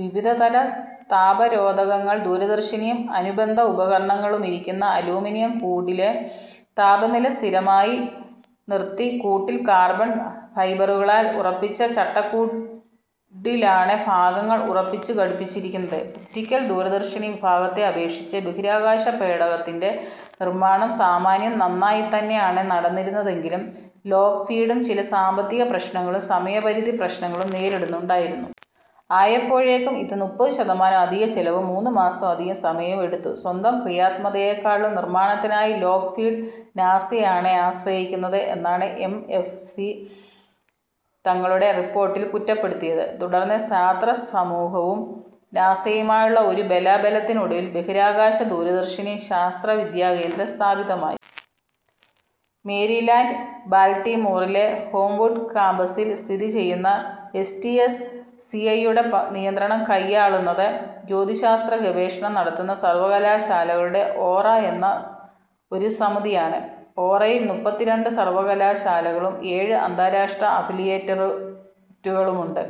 വിവിധതല താപരോധകങ്ങൾ ദൂരദർശിനിയും അനുബന്ധ ഉപകരണങ്ങളുമിരിക്കുന്ന അലൂമിനിയം കൂടിലെ താപനില സ്ഥിരമായി നിർത്തി. കൂട്ടിൽ കാർബൺ ഫൈബറുകളാൽ ഉറപ്പിച്ച ചട്ടക്കൂടിലാണ് ഭാഗങ്ങൾ ഉറപ്പിച്ചു ഘടിപ്പിച്ചിരിക്കുന്നത്. ഒപ്റ്റിക്കൽ ദൂരദർശിനി വിഭാഗത്തെ അപേക്ഷിച്ച് ബഹിരാകാശ പേടകത്തിൻ്റെ നിർമ്മാണം സാമാന്യം നന്നായി തന്നെയാണ് നടന്നിരുന്നതെങ്കിലും ലോക്ഹീഡും ചില സാമ്പത്തിക പ്രശ്നങ്ങളും സമയപരിധി പ്രശ്നങ്ങളും നേരിടുന്നുണ്ടായിരുന്നു. ആയപ്പോഴേക്കും ഇത് മുപ്പത് ശതമാനം അധിക ചെലവും മൂന്നുമാസം അധികം സമയവും എടുത്തു. സ്വന്തം ക്രിയാത്മകതയേക്കാളും നിർമ്മാണത്തിനായി ലോക്ഹീഡ് നാസയെ ആണ് ആശ്രയിക്കുന്നത് എന്നാണ് എം എസ് എഫ് സി തങ്ങളുടെ റിപ്പോർട്ടിൽ കുറ്റപ്പെടുത്തിയത്. തുടർന്ന് ശാസ്ത്രസമൂഹവും നാസയുമായുള്ള ഒരു ബലാബലത്തിനൊടുവിൽ ബഹിരാകാശ ദൂരദർശിനി ശാസ്ത്ര വിദ്യാകേന്ദ്രം സ്ഥാപിതമായി. മേരിലാൻ്റ് ബാൽട്ടിമോറിലെ ഹോംവുഡ് കാമ്പസിൽ സ്ഥിതിചെയ്യുന്ന S T S C I യുടെ നിയന്ത്രണം കൈയാളുന്നത്, ജ്യോതിശാസ്ത്രഗവേഷണം നടത്തുന്ന സർവ്വകലാശാലകളുടെ ഓറ എന്ന ഒരു സമിതിയാണ്. ഓറയിൽ മുപ്പത്തിരണ്ട് സർവ്വകലാശാലകളും ഏഴ് അന്താരാഷ്ട്ര അഫിലിയേറ്റുകളുമുണ്ട്.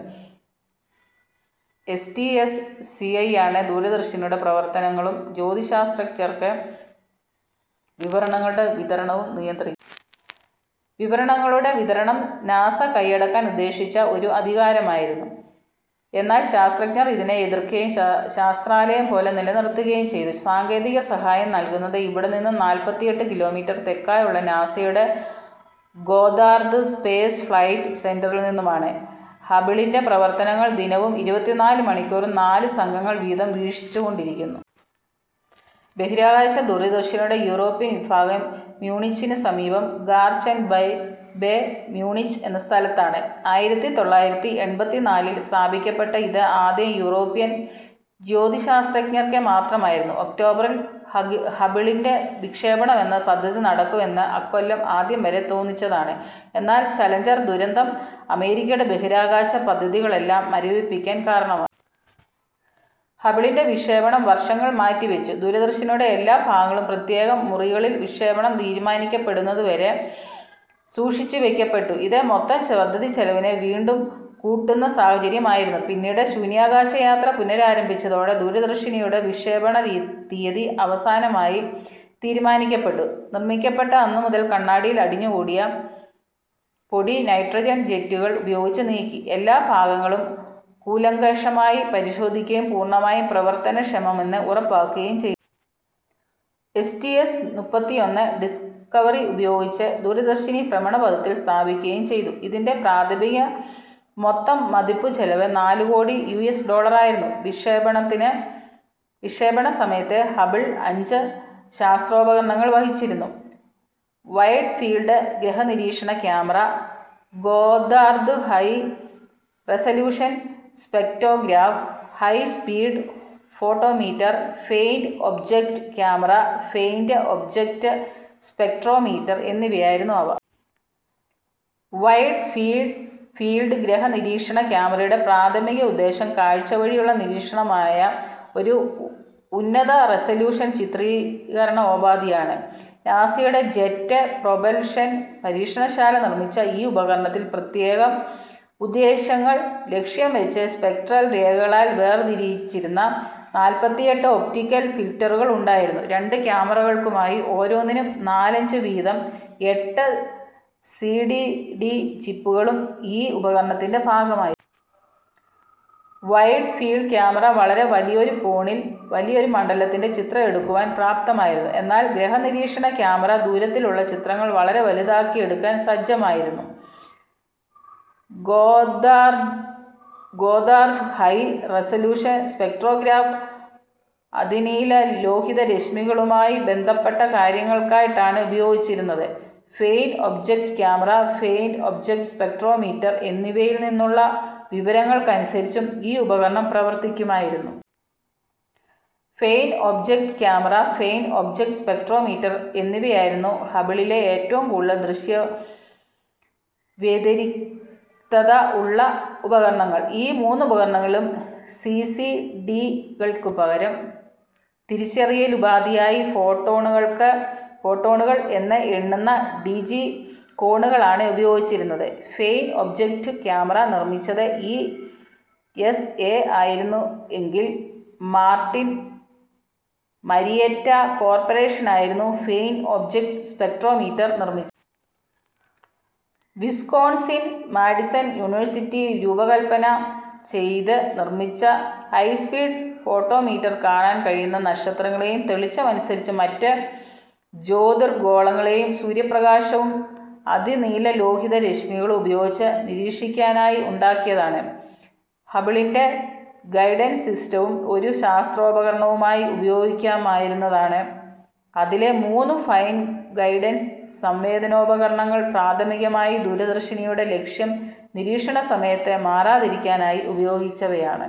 S T S C I ആണ് ദൂരദർശിനിയുടെ പ്രവർത്തനങ്ങളും ജ്യോതിശാസ്ത്രജ്ഞർക്ക് വിവരങ്ങളുടെ വിതരണവും നിയന്ത്രിക്കുന്നത്. വിവരങ്ങളുടെ വിതരണം നാസ കൈയടക്കാൻ ഉദ്ദേശിച്ച ഒരു അധികാരമായിരുന്നു, എന്നാൽ ശാസ്ത്രജ്ഞർ ഇതിനെ എതിർക്കുകയും ശാസ്ത്രാലയം പോലെ നിലനിർത്തുകയും ചെയ്തു. സാങ്കേതിക സഹായം നൽകുന്നത് ഇവിടെ നിന്നും നാൽപ്പത്തിയെട്ട് കിലോമീറ്റർ തെക്കായുള്ള നാസയുടെ ഗോദ്ദാർദ് സ്പേസ് ഫ്ലൈറ്റ് സെൻ്ററിൽ നിന്നുമാണ്. ഹബിളിൻ്റെ പ്രവർത്തനങ്ങൾ ദിനവും ഇരുപത്തിനാല് മണിക്കൂറും നാലു സംഘങ്ങൾ വീതം വീക്ഷിച്ചുകൊണ്ടിരിക്കുന്നു. ബഹിരാകാശ ദൂരദർശിനിയുടെ യൂറോപ്യൻ വിഭാഗം മ്യൂണിച്ചിനു സമീപം ഗാർചെൻ ബെ മ്യൂണിച്ച് എന്ന സ്ഥലത്താണ്. ആയിരത്തി തൊള്ളായിരത്തി എൺപത്തിനാലിൽ സ്ഥാപിക്കപ്പെട്ട ഇത് ആദ്യം യൂറോപ്യൻ ജ്യോതിശാസ്ത്രജ്ഞർക്ക് മാത്രമായിരുന്നു. ഒക്ടോബറിൽ ഹബിളിൻ്റെ വിക്ഷേപണം എന്ന പദ്ധതി നടക്കും എന്ന് ആക്കൊല്ലം ആദ്യം വരെ തോന്നിച്ചതാണ്. എന്നാൽ ചലഞ്ചർ ദുരന്തം അമേരിക്കയുടെ ബഹിരാകാശ പദ്ധതികളെല്ലാം മരവിപ്പിക്കാൻ കാരണമായി. ഹബിളിൻ്റെ വിക്ഷേപണം വർഷങ്ങൾ മാറ്റിവച്ചു. ദൂരദർശിനിയുടെ എല്ലാഭാഗങ്ങളും പ്രത്യേകം മുറികളിൽ വിക്ഷേപണം തീരുമാനിക്കപ്പെടുന്നതുവരെ സൂക്ഷിച്ചുവെക്കപ്പെട്ടു. ഇത് മൊത്തം പദ്ധതിച്ചെലവിനെ വീണ്ടും കൂട്ടുന്ന സാഹചര്യം ആയിരുന്നു. പിന്നീട് ശൂന്യാകാശയാത്ര പുനരാരംഭിച്ചതോടെ ദൂരദർശിനിയുടെ വിക്ഷേപണ തീയതി അവസാനമായി തീരുമാനിക്കപ്പെട്ടു. നിർമ്മിക്കപ്പെട്ട അന്നുമുതൽ കണ്ണാടിയിൽ അടിഞ്ഞുകൂടിയ പൊടി നൈട്രജൻ ജെറ്റുകൾ ഉപയോഗിച്ച് നീക്കി, എല്ലാ ഭാഗങ്ങളും കൂലങ്കഷമായി പരിശോധിക്കുകയും പൂർണ്ണമായും പ്രവർത്തനക്ഷമമെന്ന് ഉറപ്പാക്കുകയും ചെയ്തു. എസ് ടി എസ് മുപ്പത്തിയൊന്ന് ഡിസ്കവറി ഉപയോഗിച്ച് ദൂരദർശിനി ഭ്രമണപഥത്തിൽ സ്ഥാപിക്കുകയും ചെയ്തു. ഇതിൻ്റെ പ്രാഥമിക മൊത്തം മതിപ്പുചെലവ് നാലുകോടി യു എസ് ഡോളറായിരുന്നു. വിക്ഷേപണസമയത്ത് ഹബിൾ അഞ്ച് ശാസ്ത്രോപകരണങ്ങൾ വഹിച്ചിരുന്നു. വൈൽഡ് ഫീൽഡ് ഗ്രഹനിരീക്ഷണ camera, Goddard high resolution spectrograph, high speed photometer, faint object camera, faint object spectrometer എന്നിവയായിരുന്നു അവ. വൈഡ് ഫീൽഡ് ഗ്രഹനിരീക്ഷണ ക്യാമറയുടെ പ്രാഥമിക ഉദ്ദേശം കാഴ്ചവഴിയുള്ള നിരീക്ഷണമായ ഒരു ഉന്നത റെസലൂഷൻ ചിത്രീകരണോപാധിയാണ്. നാസയുടെ ജെറ്റ് പ്രൊപൽഷൻ പരീക്ഷണശാല നിർമ്മിച്ച ഈ ഉപകരണത്തിൽ പ്രത്യേകം ഉദ്ദേശ്യങ്ങൾ ലക്ഷ്യം വെച്ച് സ്പെക്ട്രൽ രേഖകളാൽ വേർതിരിച്ചിരുന്ന നാൽപ്പത്തിയെട്ട് ഒപ്റ്റിക്കൽ ഫിൽറ്ററുകൾ ഉണ്ടായിരുന്നു. രണ്ട് ക്യാമറകൾക്കുമായി, ഓരോന്നിനും നാലഞ്ചു വീതം എട്ട് സി സി ഡി ചിപ്പുകളും ഈ ഉപകരണത്തിൻ്റെ ഭാഗമായിരുന്നു. വൈൽഡ് ഫീൽഡ് ക്യാമറ വളരെ വലിയൊരു കോണിൽ വലിയൊരു മണ്ഡലത്തിൻ്റെ ചിത്രം എടുക്കുവാൻ പ്രാപ്തമായിരുന്നു. എന്നാൽ ഗ്രഹനിരീക്ഷണ ക്യാമറ ദൂരത്തിലുള്ള ചിത്രങ്ങൾ വളരെ വലുതാക്കി എടുക്കാൻ സജ്ജമായിരുന്നു. ഗോദ്ദാർദ് ഹൈ റെസലൂഷൻ സ്പെക്ട്രോഗ്രാഫ് അതിനീലലോഹിതരശ്മികളുമായി ബന്ധപ്പെട്ട കാര്യങ്ങൾക്കായിട്ടാണ് ഉപയോഗിച്ചിരുന്നത്. Faint object camera, faint object spectrometer എന്നിവയിൽ നിന്നുള്ള വിവരങ്ങൾക്കനുസരിച്ചും ഈ ഉപകരണം പ്രവർത്തിക്കുമായിരുന്നു. Faint object camera, faint object spectrometer എന്നിവയായിരുന്നു ഹബിളിലെ ഏറ്റവും കൂടുതൽ ദൃശ്യവ്യതിരിക്തത ഉള്ള ഉപകരണങ്ങൾ. ഈ മൂന്നുപകരണങ്ങളിലും സി സി ഡി കൾക്കു പകരം തിരിച്ചറിയലുപാധിയായി ഫോട്ടോണുകൾ എന്ന് എണ്ണുന്ന ഡിജികോണുകളാണ് ഉപയോഗിച്ചിരുന്നത്. ഫെയിൻ്റ് ഒബ്ജക്റ്റ് ക്യാമറ നിർമ്മിച്ചത് ഇ എസ് എ ആയിരുന്നുവെങ്കിൽ, മാർട്ടിൻ മരിയെറ്റ കോർപ്പറേഷനായിരുന്നു ഫെയിൻ്റ് ഒബ്ജക്റ്റ് സ്പെക്ട്രോമീറ്റർ നിർമ്മിച്ചത്. വിസ്കോൺസിൻ മാഡിസൺ യൂണിവേഴ്സിറ്റി രൂപകല്പന ചെയ്ത് നിർമ്മിച്ച ഹൈസ്പീഡ് ഫോട്ടോമീറ്റർ കാണാൻ കഴിയുന്ന നക്ഷത്രങ്ങളേയും തെളിച്ചം അനുസരിച്ച് മറ്റ് ജ്യോതിർഗോളങ്ങളേയും ദൃശ്യപ്രകാശവും അതിനീലലോഹിതരശ്മികളും ഉപയോഗിച്ച് നിരീക്ഷിക്കാനായി ഉണ്ടാക്കിയതാണ്. ഹബിളിൻ്റെ ഗൈഡൻസ് സിസ്റ്റവും ഒരു ശാസ്ത്രോപകരണമായി ഉപയോഗിക്കാമായിരുന്നതാണ്. അതിലെ മൂന്നു ഫൈൻ ഗൈഡൻസ് സംവേദനോപകരണങ്ങൾ പ്രാഥമികമായി ദൂരദർശിനിയുടെ ലക്ഷ്യം നിരീക്ഷണസമയത്ത് മാറാതിരിക്കാനായി ഉപയോഗിച്ചവയാണ്.